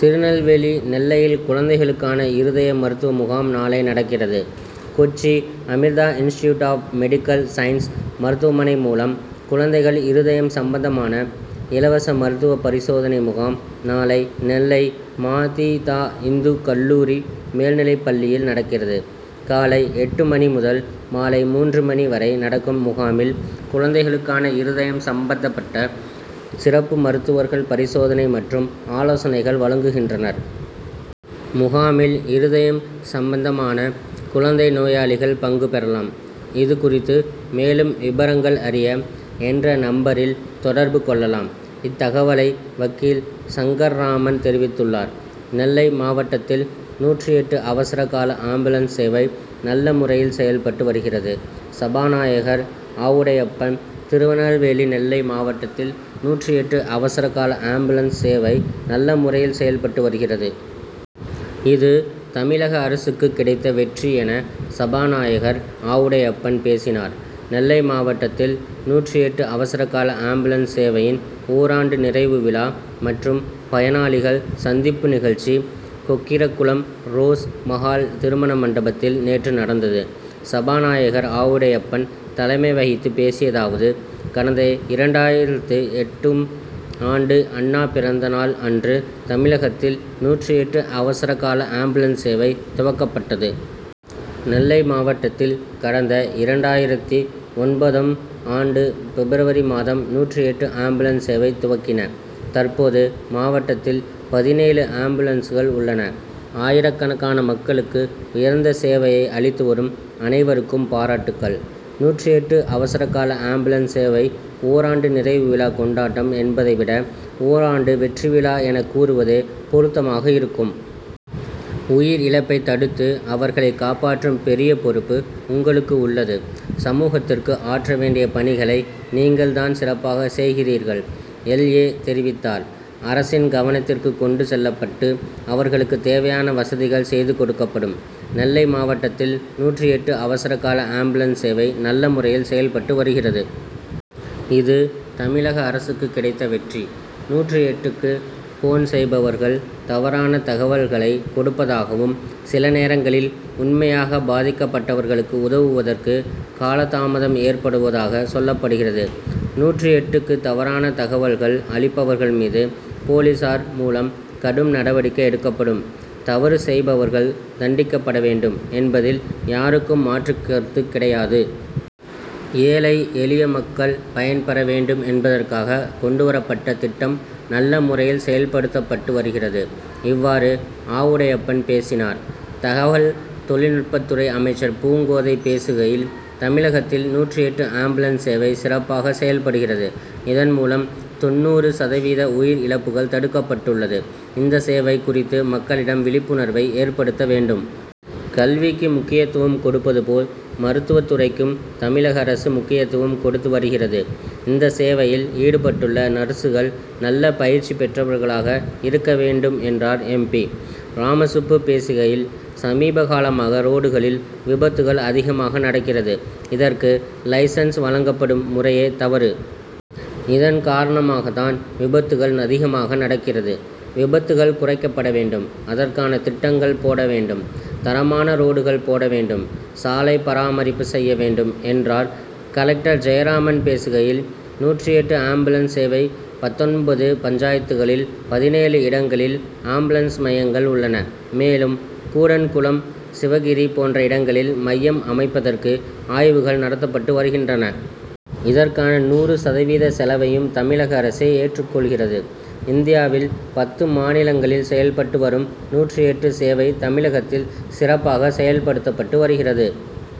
திருநெல்வேலி நெல்லையில் குழந்தைகளுக்கான இருதய மருத்துவ முகாம் நாளை நடக்கிறது. Kochi Amrita institute of medical science மருத்துவமனை மூலம் குழந்தைகள் இருதயம் சம்பந்தமான இலவச மருத்துவ பரிசோதனை முகாம் நாளை நெல்லை ம. தி. தா. இந்துக் கல்லூரி மேல்நிலைப்பள்ளியில் நடக்கிறது. காலை எட்டு மணி முதல் மாலை மூன்று மணி வரை நடக்கும் முகாமில் குழந்தைகளுக்கான இருதயம் சம்பந்தப்பட்ட சிறப்பு மருத்துவர்கள் பரிசோதனை மற்றும் ஆலோசனைகள் வழங்குகின்றனர். முகாமில் இருதயம் சம்பந்தமான குழந்தை நோயாளிகள் பங்கு பெறலாம். இதுகுறித்து மேலும் விபரங்கள் அறிய, என்ற நம்பரில் தொடர்பு கொள்ளலாம். இத்தகவலை வக்கீல் சங்கர்ராமன் தெரிவித்துள்ளார். நெல்லை மாவட்டத்தில் நூற்று எட்டு அவசரகால ஆம்புலன்ஸ் சேவை நல்ல முறையில் செயல்பட்டு வருகிறது சபாநாயகர் ஆவுடையப்பன் திருநெல்வேலி நெல்லை மாவட்டத்தில் நூற்று எட்டு அவசரகால ஆம்புலன்ஸ் சேவை நல்ல முறையில் செயல்பட்டு வருகிறது. இது தமிழக அரசுக்கு கிடைத்த வெற்றி என சபாநாயகர் ஆவுடையப்பன் பேசினார். நெல்லை மாவட்டத்தில் நூற்று எட்டு அவசரகால ஆம்புலன்ஸ் சேவையின் ஓராண்டு நிறைவு விழா மற்றும் பயனாளிகள் சந்திப்பு நிகழ்ச்சி, கொக்கிரகுளம் ரோஸ் மகால் திருமண மண்டபத்தில் நேற்று நடந்தது. சபாநாயகர் ஆவுடையப்பன் தலைமை வகித்து பேசியதாவது: கடந்த இரண்டாயிரத்து எட்டு ம் ஆண்டு அண்ணா பிறந்தநாள் அன்று தமிழகத்தில் நூற்று எட்டு அவசரகால ஆம்புலன்ஸ் சேவை துவக்கப்பட்டது. நெல்லை மாவட்டத்தில் கடந்த இரண்டாயிரத்து ஒன்பது ம் ஆண்டு பிப்ரவரி மாதம் நூற்று எட்டு ஆம்புலன்ஸ் சேவை துவக்கின. தற்போது மாவட்டத்தில் பதினேழு ஆம்புலன்ஸ்கள் உள்ளன. ஆயிரக்கணக்கான மக்களுக்கு உயர்ந்த சேவையை அளித்துவரும் அனைவருக்கும் பாராட்டுக்கள். நூற்று எட்டு அவசரகால ஆம்புலன்ஸ் சேவை ஓராண்டு நிறைவு விழா கொண்டாட்டம் என்பதை விட ஓராண்டு வெற்றிவிழா' என கூறுவதே பொருத்தமாக இருக்கும். உயிர் இழப்பை தடுத்து அவர்களை காப்பாற்றும் பெரிய பொறுப்பு உங்களுக்கு உள்ளது. சமூகத்திற்கு ஆற்றவேண்டிய பணிகளை நீங்கள் தான் சிறப்பாக செய்கிறீர்கள். எல். ஏ.,தெரிவித்தார். அரசின் கவனத்திற்கு கொண்டு செல்லப்பட்டு அவர்களுக்கு தேவையான வசதிகள் செய்துகொடுக்கப்படும். நெல்லை மாவட்டத்தில் நூற்று எட்டு அவசரகால ஆம்புலன்ஸ் சேவை நல்லமுறையில் செயல்பட்டு வருகிறது. இது தமிழக அரசுக்கு கிடைத்த வெற்றி. நூற்று எட்டுக்கு போன் செய்பவர்கள் தவறான தகவல்களை கொடுப்பதாகவும், சில நேரங்களில் உண்மையாக பாதிக்கப்பட்டவர்களுக்கு உதவுவதற்கு காலதாமதம் ஏற்படுவதாக சொல்லப்படுகிறது. நூற்று எட்டுக்கு தவறான தகவல்கள் அளிப்பவர்கள் மீது போலீசார் மூலம் கடும் நடவடிக்கை எடுக்கப்படும். தவறு செய்பவர்கள் தண்டிக்கப்படவேண்டும் என்பதில் யாருக்கும் மாற்றுகருத்து கிடையாது. ஏழை, எளிய மக்கள் பயன்பெற வேண்டும் என்பதற்காக கொண்டுவரப்பட்ட திட்டம் நல்ல முறையில் செயல்படுத்தப்பட்டு வருகிறது. இவ்வாறு ஆவுடையப்பன் பேசினார். தகவல் தொழில்நுட்பத்துறை அமைச்சர் பூங்கோதை பேசுகையில், தமிழகத்தில் நூற்று எட்டு ஆம்புலன்ஸ் சேவை சிறப்பாக செயல்படுகிறது. இதன்மூலம் தொண்ணூறு சதவீத உயிர் இழப்புகள் தடுக்கப்பட்டுள்ளது. இந்த சேவை குறித்து மக்களிடம் விழிப்புணர்வை ஏற்படுத்த வேண்டும். கல்விக்கு முக்கியத்துவம் கொடுப்பது போல், மருத்துவ துறைக்கும் தமிழக அரசு முக்கியத்துவம் கொடுத்து வருகிறது. இந்த சேவையில் ஈடுபட்டுள்ள நர்சுகள் நல்ல பயிற்சி பெற்றவர்களாக இருக்க வேண்டும். 'என்றார். எம். பி.,ராமசுப்பு பேசுகையில், சமீபகாலமாக ரோடுகளில் விபத்துகள் அதிகமாக நடக்கிறது. இதற்கு லைசென்ஸ்' வழங்கப்படும் முறையே தவறு. இதன் காரணமாக தான் விபத்துகள் அதிகமாக நடக்கிறது. விபத்துகள் குறைக்கப்படவேண்டும். அதற்கான திட்டங்கள் போடவேண்டும். தரமான ரோடுகள் போடவேண்டும். சாலைபராமரிப்பு செய்யவேண்டும். 'என்றார். கலெக்டர் ஜெயராமன் பேசுகையில், நூற்று எட்டு ஆம்புலன்ஸ் சேவை பத்தொன்பது பஞ்சாயத்துகளில் பதினேழு இடங்களில் ஆம்புலன்ஸ் மையங்கள் உள்ளன. மேலும் கூடன்குளம், சிவகிரி போன்ற இடங்களில் மையம் அமைப்பதற்கு ஆய்வுகள் நடத்தப்பட்டு வருகின்றன. இதற்கான நூறு சதவீத செலவையும் தமிழக அரசே ஏற்றுக்கொள்கிறது. இந்தியாவில் பத்து மாநிலங்களில் செயல்பட்டு வரும் நூற்று எட்டு சேவை தமிழகத்தில் சிறப்பாக செயல்படுத்தப்பட்டு வருகிறது.